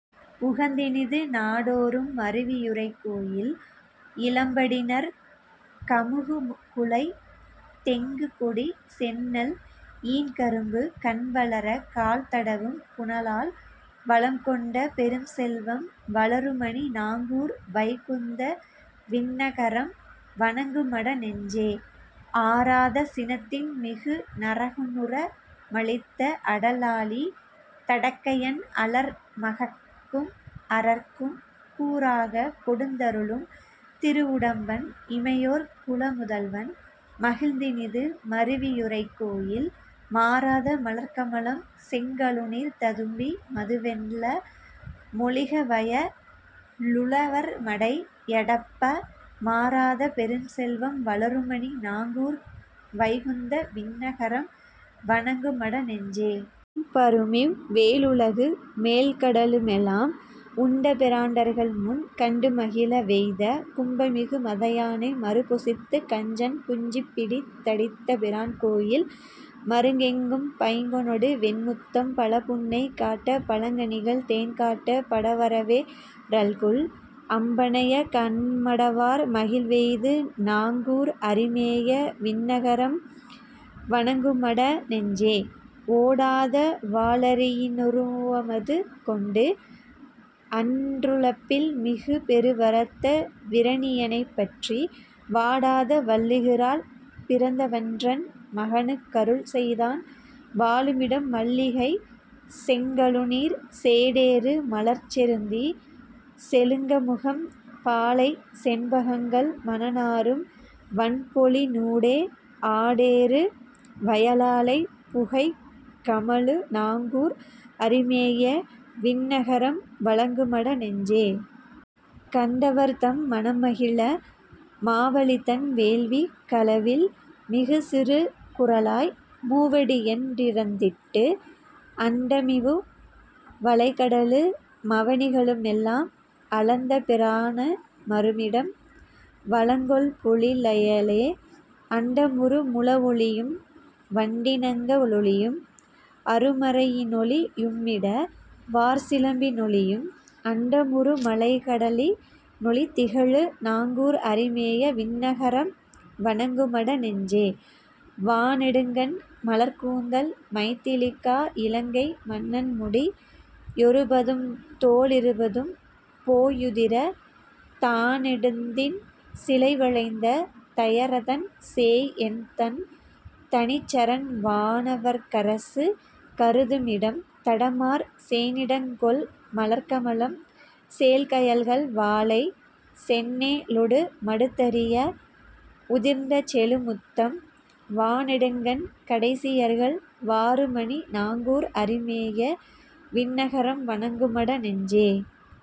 உகந்தினிது நாடோறும் மருவியுறை கோயில், இளம்படிநற் கமுகுகுலைத் தெங்குகொடிச் செந்நெல் ஈன்கரும்பு கண்வளரக் கால்தடவும் புனலால், வளங்கொண்ட பெருஞ்செல்வம் வளருமணி நாங்கூர் வைகுந்த விண்ணகரம் வணங்குமட நெஞ்சே.. ஆறாத சினத்தின்மிகு நரகனுர மழித்த அடலாழித் தடக்கையன் அலர்மகட்கும் அரற்கும், கூறாகக் கொடுத்தருளும் திருவுடம்பன் இமையோர் குலமுதல்வன் மகிழ்ந்தினிது மருவியுறை கோயில், மாறாத மலர்க்கமலம் செங்கழுநீர் ததும்பி மதுவெள்ள மொழுகவய லுழவர்மடை யடைப்ப, மாறாத பெருஞ்செல்வம் வளருமணி நாங்கூர் வைகுந்த விண்ணகரம் வணங்குமட நெஞ்சே.. உம்பருமிவ் வேழுலகு மேழ்கடலு மெல்லாம் உண்டபிரான்ண்டர்கள்முன் கண்டுமகிழ வெய்த, கும்பமிகு மதயானை மருப்பொசித்துக் கஞ்சன் குஞ்சிபிடித் தடித்தபிரான் கோயில், மருங் கெங்கும் பைம்பொனொடு வெண்முத்தம் பலபுன்னை காட்டப் பலங்கனிகள் தேன்காட்டப் படவரவே ரல்குல், அம்பனைய கண்மடவார் மகிழ்வெய்து நாங்கூர் அரிமேய விண்ணகரம் வணங்கும ட நெஞ்சே.. ஓடாத வாளரியி னுருவமது கொண்டு அன் றுலப்பில்மிகு பெருவரத்த விரணியனைப் பற்றி, வாடாத வள்ளுகிரால் பிளந்தவன்றன் மகனுக் கருள்செய்தான் வாழுமிடம் மல்லிகைசெங் கழுநீர், சேடேறு மலர்ச்செருந்தி செழுங்கமுகம் பாளை செண்பகங்கள் மணநாறும் வண்பொழிலி னூடே, ஆடேறு வயலாலைப் புகைகமழு நாங்கூர் அரிமேய விண்ணகரம் வணங்குமட நெஞ்சே.. கண்டவர்தம் மனம்மகிழ மாவலிதன் வேள்விக் களவில்மிகு சிறுகுறளாய் மூவடியென் றிரந்திட்டு, அண்டமுமிவ் வலைகடலு மவனிகளு மெல்லாம் அளந்தபிரா னமருமிடம் வளங்கொள்பொழி லயலே, அண்டமுறு முழவொலியும் வண்டினங்க ளொலியும் அருமறையி னொலியும்மட வார்சிலம்பி னொலியும், அண்டமுறு மலைகடலி னொலிதிகழு நாங்கூர் அரிமேய விண்ணகரம் வணங்குமட நெஞ்சே.. வாணெடுங்கண் மலர்க்கூந்தல் மைதிலிக்கா இலங்கை மன்னன்முடி யொருபதும்தோ ளிருபதும்போ யுதிர, தாணெடுந்தின் சிலைவளைத்த தயரதன்சேய் என்தன் தனிச்சரண்வா னவர்க்கரசு கருதுமிடம், தடமார் சேணிடங்கொள் மலர்க்கமலம் சேல்கயல்கள் வாளை செந்நெலொடு மடுத்தரிய வுதிர்ந்தசெழு முத்தம், வாணெடுங்கண் கடைசியர்கள் வாருமணி நாங்கூர் அரிமேய விண்ணகரம் வணங்குமட நெஞ்சே..